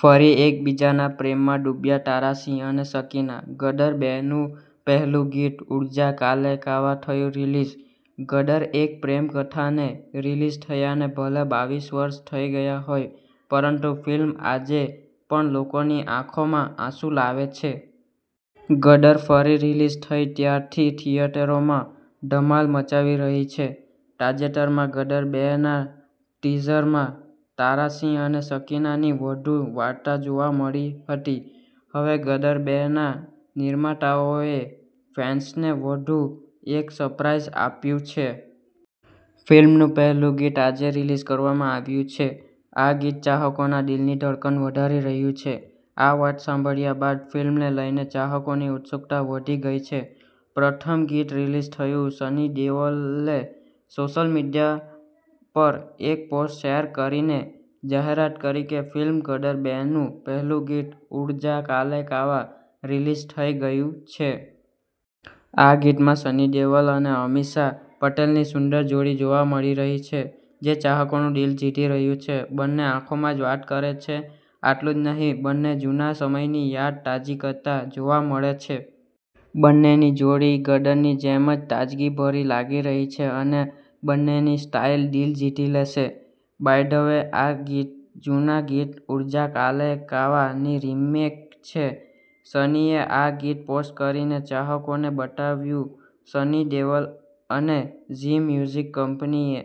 ફરી એકબીજાના પ્રેમમાં ડૂબ્યા તારા સિંહ અને સકીના, ગદર બે નું પહેલું ગીત 'ઉડ જા કાલે કાવા' થયું રિલીઝ. ગદરઃ એક પ્રેમ કથા ને રિલીઝ થયાને ભલે બાવીશ વર્ષ થઈ ગયા હોય, પરંતુ ફિલ્મ આજે પણ લોકોની આંખોમાં આંસુ લાવે છે. 'ગદર' ફરી રિલીઝ થઈ ત્યારથી થિયેટરોમાં ધમાલ મચાવી રહી છે. તાજેતરમાં, 'ગદર બે ' ના ટીઝરમાં તારા સિંહ અને સકીનાની વધુ વાર્તા જોવા મળી હતી. હવે 'ગદર બે 'ના નિર્માતાઓએ ફેન્સને વધુ એક સરપ્રાઈઝ આપ્યું છે. ફિલ્મનું પહેલું ગીત આજે રિલીઝ કરવામાં આવ્યું છે. આ ગીત ચાહકોના દિલની ધડકન વધારી રહ્યું છે. આ વાત સાંભળ્યા બાદ ફિલ્મને લઈને ચાહકોની ઉત્સુકતા વધી ગઈ છે. પ્રથમ ગીત રિલીઝ થયું સની દેઓલે સોશિયલ મીડિયા પર એક પોસ્ટ શેર કરીને જાહેરાત કરી કે ફિલ્મ 'ગદર બે 'નું પહેલું ગીત 'ઉડ જા કાલે કાવા' રિલીઝ થઈ ગયું છે. આ ગીતમાં સની દેઓલ અને અમીષા પટેલની સુંદર જોડી જોવા મળી રહી છે, જે ચાહકોનું દિલ જીતી રહ્યું છે. બંને આંખોમાં જ વાત કરે છે. આટલું જ નહીં બંને જૂના સમયની યાદ તાજી કરતા જોવા મળે છે. બંનેની જોડી 'ગદર'ની જેમ જ તાજગીભરી લાગી રહી છે અને બંનેની સ્ટાઈલ દિલ જીતી લેશે. બાય ધ વે, આ ગીત જૂના ગીત 'ઉડ જા કાલે કાવા'ની રીમેક છે. સનીએ આ ગીત પોસ્ટ કરીને ચાહકોને બતાવ્યું સની દેઓલ અને ઝી મ્યુઝિક કંપનીએ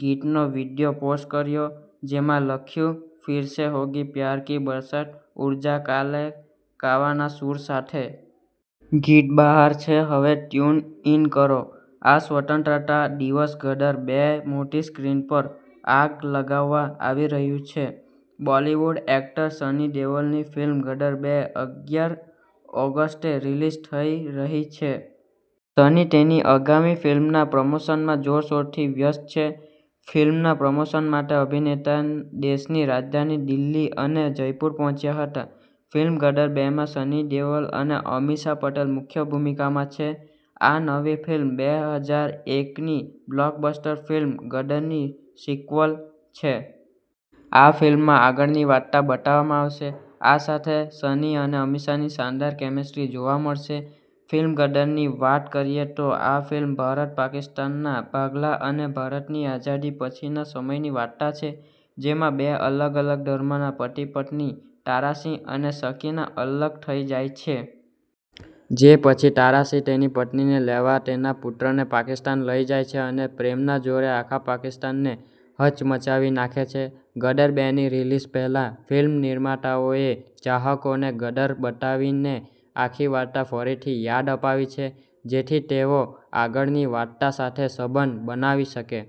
ગીતનો વિડિયો પોસ્ટ કર્યો, જેમાં લખ્યું, 'ફિર સે હોગી પ્યાર કી બરસાત, ઉડ જા કાલે કાવાના સૂર સાથે! ગીત બહાર છે, હવે ટ્યુન ઇન કરો. આ સ્વતંત્રતા દિવસ ગદર બે મોટી સ્ક્રીન પર આગ લગાવવા આવી રહ્યું છે. બોલિવૂડ એક્ટર સની દેઓલની ફિલ્મ 'ગદર બે ' અગ્યાર ઓગસ્ટે રિલીઝ થઈ રહી છે. સની તેની આગામી ફિલ્મના પ્રમોશનમાં જોરશોરથી વ્યસ્ત છે. ફિલ્મના પ્રમોશન માટે અભિનેતા દેશની રાજધાની દિલ્હી અને જયપુર પહોંચ્યા હતા. ફિલ્મ 'ગદર બે 'માં સની દેઓલ અને અમીષા પટેલ મુખ્ય ભૂમિકામાં છે. આ નવી ફિલ્મ બે હજાર એક ની બ્લોકબસ્ટર ફિલ્મ 'ગદર'ની સિક્વલ છે. આ ફિલ્મમાં આગળની વાર્તા બતાવવામાં આવશે. આ સાથે સની અને અમીષાની શાનદાર કેમેસ્ટ્રી જોવા મળશે. ફિલ્મ 'ગદર'ની વાત કરીએ તો આ ફિલ્મ ભારત-પાકિસ્તાનના ભાગલા અને ભારતની આઝાદી પછીના સમયની વાર્તા છે. જેમાં બે અલગ-અલગ ધર્મના પતિ-પત્ની તારા સિંહ અને સકીના અલગ થઈ જાય છે. જે પછી તારા સિંહ તેની પત્નીને લેવા તેના પુત્રને પાકિસ્તાન લઈ જાય છે અને પ્રેમના જોરે આખા પાકિસ્તાનને હચમચાવી નાખે છે. 'ગદર બે' ની રિલીઝ પહેલા, ફિલ્મ નિર્માતાઓએ ચાહકોને 'ગદર' બતાવીને આખી વાર્તા ફરીથી યાદ અપાવી છે, જેથી તેઓ આગળની વાર્તા સાથે સંબંધ બનાવી શકે.